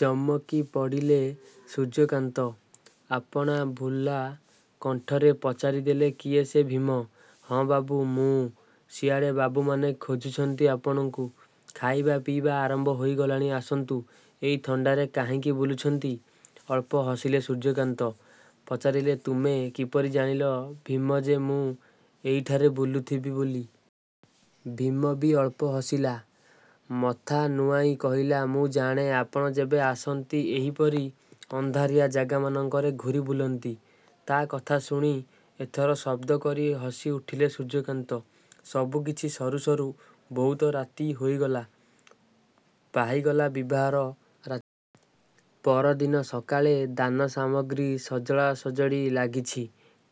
ଚମକି ପଡ଼ିଲେ ସୂର୍ଯ୍ୟକାନ୍ତ। ଆପଣା ଭୁଲା କଣ୍ଠରେ ପଚାରି ଦେଲେ କିଏ ସେ ଭୀମ? ହଁ ବାବୁ, ମୁଁ। ସିଆଡ଼େ ବାବୁମାନେ ଖୋଜୁଛନ୍ତି ଆପଣଙ୍କୁ। ଖାଇବା ପିଇବା ଆରମ୍ଭ ହୋଇଗଲାଣି ଆସନ୍ତୁ। ଏଇ ଥଣ୍ଡାରେ କାହିଁକି ବୁଲୁଛନ୍ତି? ଅଳ୍ପ ହସିଲେ ସୂର୍ଯ୍ୟକାନ୍ତ। ପଚାରିଲେ ତୁମେ କିପରି ଜାଣିଲ ଭୀମ ଯେ ମୁଁ ଏହିଠାରେ ବୁଲୁଥିବି ବୋଲି? ଭୀମ ବି ଅଳ୍ପ ହସିଲା। ମଥା ନୁଆଁଇ କହିଲା ମୁଁ ଜାଣେ ଆପଣ ଯେବେ ଆସନ୍ତି, ଏହିପରି ଅନ୍ଧାରିଆ ଜାଗାମାନଙ୍କରେ ଘୂରି ବୁଲନ୍ତି। ତା' କଥା ଶୁଣି ଏଥର ଶବ୍ଦ କରି ହସି ଉଠିଲେ ସୂର୍ଯ୍ୟକାନ୍ତ। ସବୁକିଛି ସରୁ ସରୁ ବହୁତ ରାତି ହୋଇଗଲା। ପାହିଗଲା ବିବାହର ରାତି। ପରଦିନ ସକାଳେ ଦାନ ସାମଗ୍ରୀ ସଜଡ଼ା ସଜଡ଼ି ଲାଗିଛି।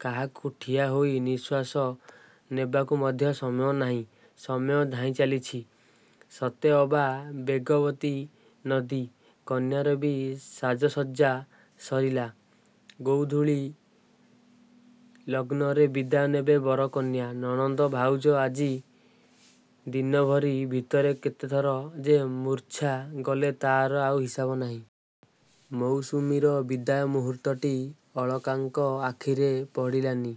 କାହାକୁ ଠିଆ ହୋଇ ନିଃଶ୍ୱାସ ନେବାକୁ ମଧ୍ୟ ସମୟ ନାହିଁ। ସମୟ ଧାଇଁ ଚାଲିଛି, ସତେଅବା ବେଗବତୀ ନଦୀ। କନ୍ୟାର ବି ସାଜସଜ୍ଜା ସରିଲା। ଗୋଧୂଳି ଲଗ୍ନରେ ବିଦାୟ ନେବେ ବର କନ୍ୟା। ନଣନ୍ଦ ଭାଉଜ ଆଜି ଦିନଭରି ଭିତରେ କେତେଥର ଯେ ମୂର୍ଚ୍ଛା ଗଲେ ତା'ର ଆଉ ହିସାବ ନାହିଁ। ମୌସୁମୀର ବିଦାୟ ମୁହୂର୍ତ୍ତଟି ଅଳକାଙ୍କ ଆଖିରେ ପଡ଼ିଲାନି।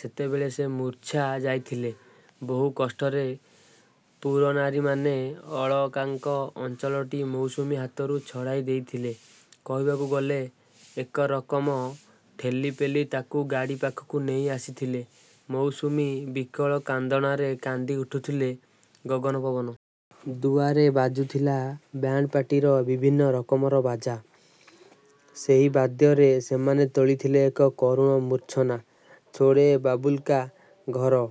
ସେତେବେଳେ ସେ ମୂର୍ଚ୍ଛା ଯାଇଥିଲେ। ବହୁ କଷ୍ଟରେ ପୁରନାରୀମାନେ ଅଳକାଙ୍କ ଅଞ୍ଚଳଟି ମୌସୁମୀ ହାତରୁ ଛଡ଼ାଇ ଦେଇଥିଲେ। କହିବାକୁ ଗଲେ ଏକରକମ ଠେଲିପେଲି ତାକୁ ଗାଡ଼ି ପାଖକୁ ନେଇ ଆସିଥିଲେ। ମୌସୁମୀ ବିକଳ କାନ୍ଦଣାରେ କାନ୍ଦି ଉଠୁଥିଲେ ଗଗନ ପବନ। ଦୁଆରେ ବାଜୁଥିଲା ବ୍ୟାଣ୍ଡପାର୍ଟିର ବିଭିନ୍ନ ରକମର ବାଜା। ସେହି ବାଦ୍ୟରେ ସେମାନେ ତୋଳିଥିଲେ ଏକ କରୁଣ ମୂର୍ଚ୍ଛନା। ଛୋଡ଼େ ବାବୁଲ୍କା ଘର।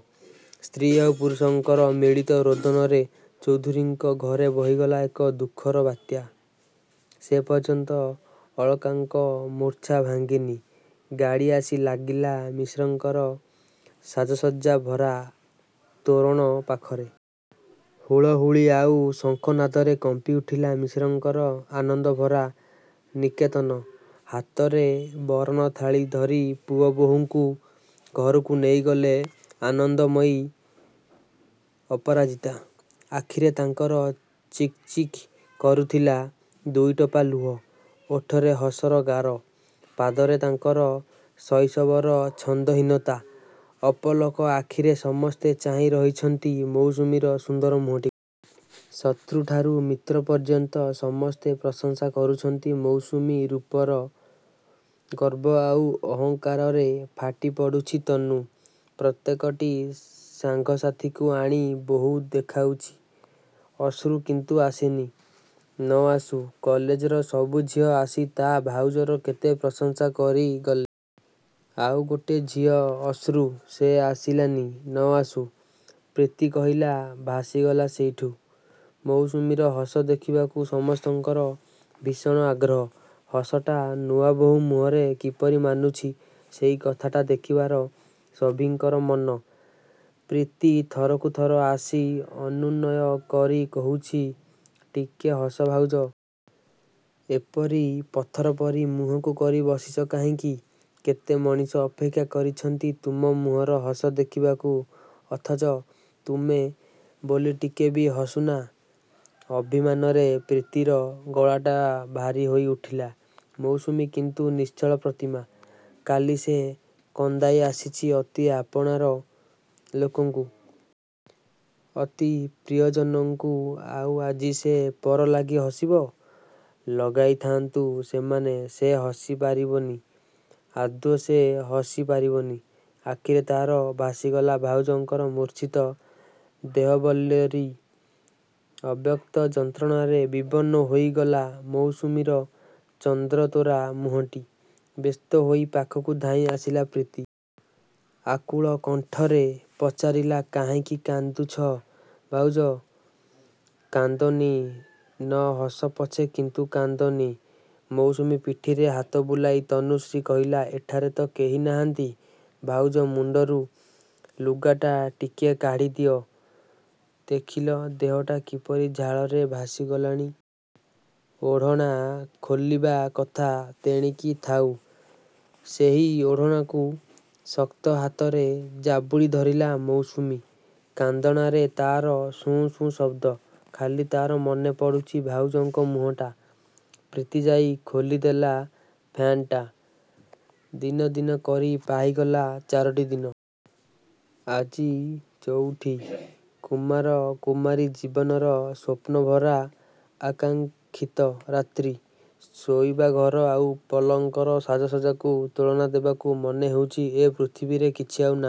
ସ୍ତ୍ରୀ ଆଉ ପୁରୁଷଙ୍କର ମିଳିତ ରୋଦନରେ ଚୌଧୁରୀଙ୍କ ଘରେ ବହିଗଲା ଏକ ଦୁଃଖର ବାତ୍ୟା। ସେପର୍ଯ୍ୟନ୍ତ ଅଳକାଙ୍କ ମୂର୍ଚ୍ଛା ଭାଙ୍ଗିନି। ଗାଡ଼ି ଆସି ଲାଗିଲା ମିଶ୍ରଙ୍କର ସାଜସଜ୍ଜା ଭରା ତୋରଣ ପାଖରେ। ହୁଳହୁଳି ଆଉ ଶଙ୍ଖ ନାଦରେ କମ୍ପି ଉଠିଲା ମିଶ୍ରଙ୍କର ଆନନ୍ଦଭରା ନିକେତନ। ହାତରେ ବରଣ ଥାଳି ଧରି ପୁଅ ବୋହୂଙ୍କୁ ଘରକୁ ନେଇଗଲେ ଆନନ୍ଦମୟୀ ଅପରାଜିତା। ଆଖିରେ ତାଙ୍କର ଚିକ୍‌ଚିକ୍ କରୁଥିଲା ଦୁଇଟୋପା ଲୁହ। ଓଠରେ ହସର ଗାର। ପାଦରେ ତାଙ୍କର ଶୈଶବର ଛନ୍ଦହୀନତା। ଅପଲକ ଆଖିରେ ସମସ୍ତେ ଚାହିଁ ରହିଛନ୍ତି ମୌସୁମୀର ସୁନ୍ଦର ମୁହଁଟିକୁ। ଶତ୍ରୁଠାରୁ ମିତ୍ର ପର୍ଯ୍ୟନ୍ତ ସମସ୍ତେ ପ୍ରଶଂସା କରୁଛନ୍ତି ମୌସୁମୀ ରୂପର। ଗର୍ବ ଆଉ ଅହଙ୍କାରରେ ଫାଟି ପଡ଼ୁଛି ତନୁ। ପ୍ରତ୍ୟେକଟି ସାଙ୍ଗସାଥିକୁ ଆଣି ବୋହୂ ଦେଖାଉଛି। ଅଶ୍ରୁ କିନ୍ତୁ ଆସିନି। ନ ଆସୁ, କଲେଜର ସବୁ ଝିଅ ଆସି ତା' ଭାଉଜର କେତେ ପ୍ରଶଂସା କରିଗଲେ। ଆଉ ଗୋଟେ ଝିଅ ଅଶ୍ରୁ, ସେ ଆସିଲାନି ନ ଆସୁ। ପ୍ରୀତି କହିଲା ଭାସିଗଲା ସେଇଠୁ। ମୌସୁମୀର ହସ ଦେଖିବାକୁ ସମସ୍ତଙ୍କର ଭୀଷଣ ଆଗ୍ରହ। ହସଟା ନୂଆବୋଉ ମୁହଁରେ କିପରି ମାନୁଛି ସେଇ କଥାଟା ଦେଖିବାର ସଭିଙ୍କର ମନ। ପ୍ରୀତି ଥରକୁ ଥର ଆସି ଅନୁନୟ କରି କହୁଛି – ଟିକେ ହସ ଭାଉଜ। ଏପରି ପଥର ପରି ମୁହଁକୁ କରି ବସିଛ କାହିଁକି? କେତେ ମଣିଷ ଅପେକ୍ଷା କରିଛନ୍ତି ତୁମ ମୁହଁର ହସ ଦେଖିବାକୁ, ଅଥଚ ତୁମେ ବୋଲି ଟିକେ ବି ହସୁନା। ଅଭିମାନରେ ପ୍ରୀତିର ଗଳାଟା ଭାରି ହୋଇ ଉଠିଲା। ମୌସୁମୀ କିନ୍ତୁ ନିଶ୍ଚଳ ପ୍ରତିମା। କାଲି ସେ କନ୍ଦାଇ ଆସିଛି ଅତି ଆପଣାର ଲୋକଙ୍କୁ। ଅତି ପ୍ରିୟଜନଙ୍କୁ। ଆଉ ଆଜି ସେ ପର ଲାଗି ହସିବ? ଲଗାଇଥାନ୍ତୁ ସେମାନେ, ସେ ହସି ପାରିବନି। ଆଦୌ ସେ ହସି ପାରିବନି। ଆଖିରେ ତା'ର ଭାସିଗଲା ଭାଉଜଙ୍କର ମୂର୍ଚ୍ଛିତ ଦେହବଲ୍ଲରୀ। ଅବ୍ୟକ୍ତ ଯନ୍ତ୍ରଣାରେ ବିବର୍ଣ୍ଣ ହୋଇଗଲା ମୌସୁମୀର ଚନ୍ଦ୍ରତୋରା ମୁହଁଟି। ବ୍ୟସ୍ତ ହୋଇ ପାଖକୁ ଧାଇଁ ଆସିଲା ପ୍ରୀତି। ଆକୁଳ କଣ୍ଠରେ ପଚାରିଲା କାହିଁକି କାନ୍ଦୁଛ ଭାଉଜ? କାନ୍ଦନି। ନ ହସ ପଛେ କିନ୍ତୁ କାନ୍ଦନି। ମୌସୁମୀ ପିଠିରେ ହାତ ବୁଲାଇ ତନୁଶ୍ରୀ କହିଲା ଏଠାରେ ତ କେହି ନାହାନ୍ତି ଭାଉଜ ମୁଣ୍ଡରୁ ଲୁଗାଟା ଟିକିଏ କାଢ଼ି ଦିଅ। ଦେଖିଲ, ଦେହଟା କିପରି ଝାଳରେ ଭାସି ଗଲାଣି। ଓଢ଼ଣା ଖୋଲିବା କଥା ତେଣିକି ଥାଉ, ସେହି ଓଢ଼ଣାକୁ ଶକ୍ତ ହାତରେ ଜାବୁଡ଼ି ଧରିଲା ମୌସୁମୀ। କାନ୍ଦଣାରେ ତା'ର ସୁଁ ସୁଁ ଶବ୍ଦ। ଖାଲି ତା'ର ମନେ ପଡ଼ୁଛି ଭାଉଜଙ୍କ ମୁହଁଟା। ପ୍ରୀତି ଯାଇ ଖୋଲି ଦେଲା ଫ୍ୟାନ୍‌ଟା। ଦିନ ଦିନ କରି ପାହିଗଲା ଚାରୋଟି ଦିନ। ଆଜି ଚଉଠି। କୁମାର କୁମାରୀ ଜୀବନର ସ୍ୱପ୍ନଭରା ଆକାଙ୍କ୍ଷିତ ରାତ୍ରୀ। ଶୋଇବା ଘର ଆଉ ପଲଙ୍କର ସାଜସଜ୍ଜାକୁ ତୁଳନା ଦେବାକୁ ମନେ ହେଉଛି ଏ ପୃଥିବୀରେ କିଛି ଆଉ ନାହିଁ।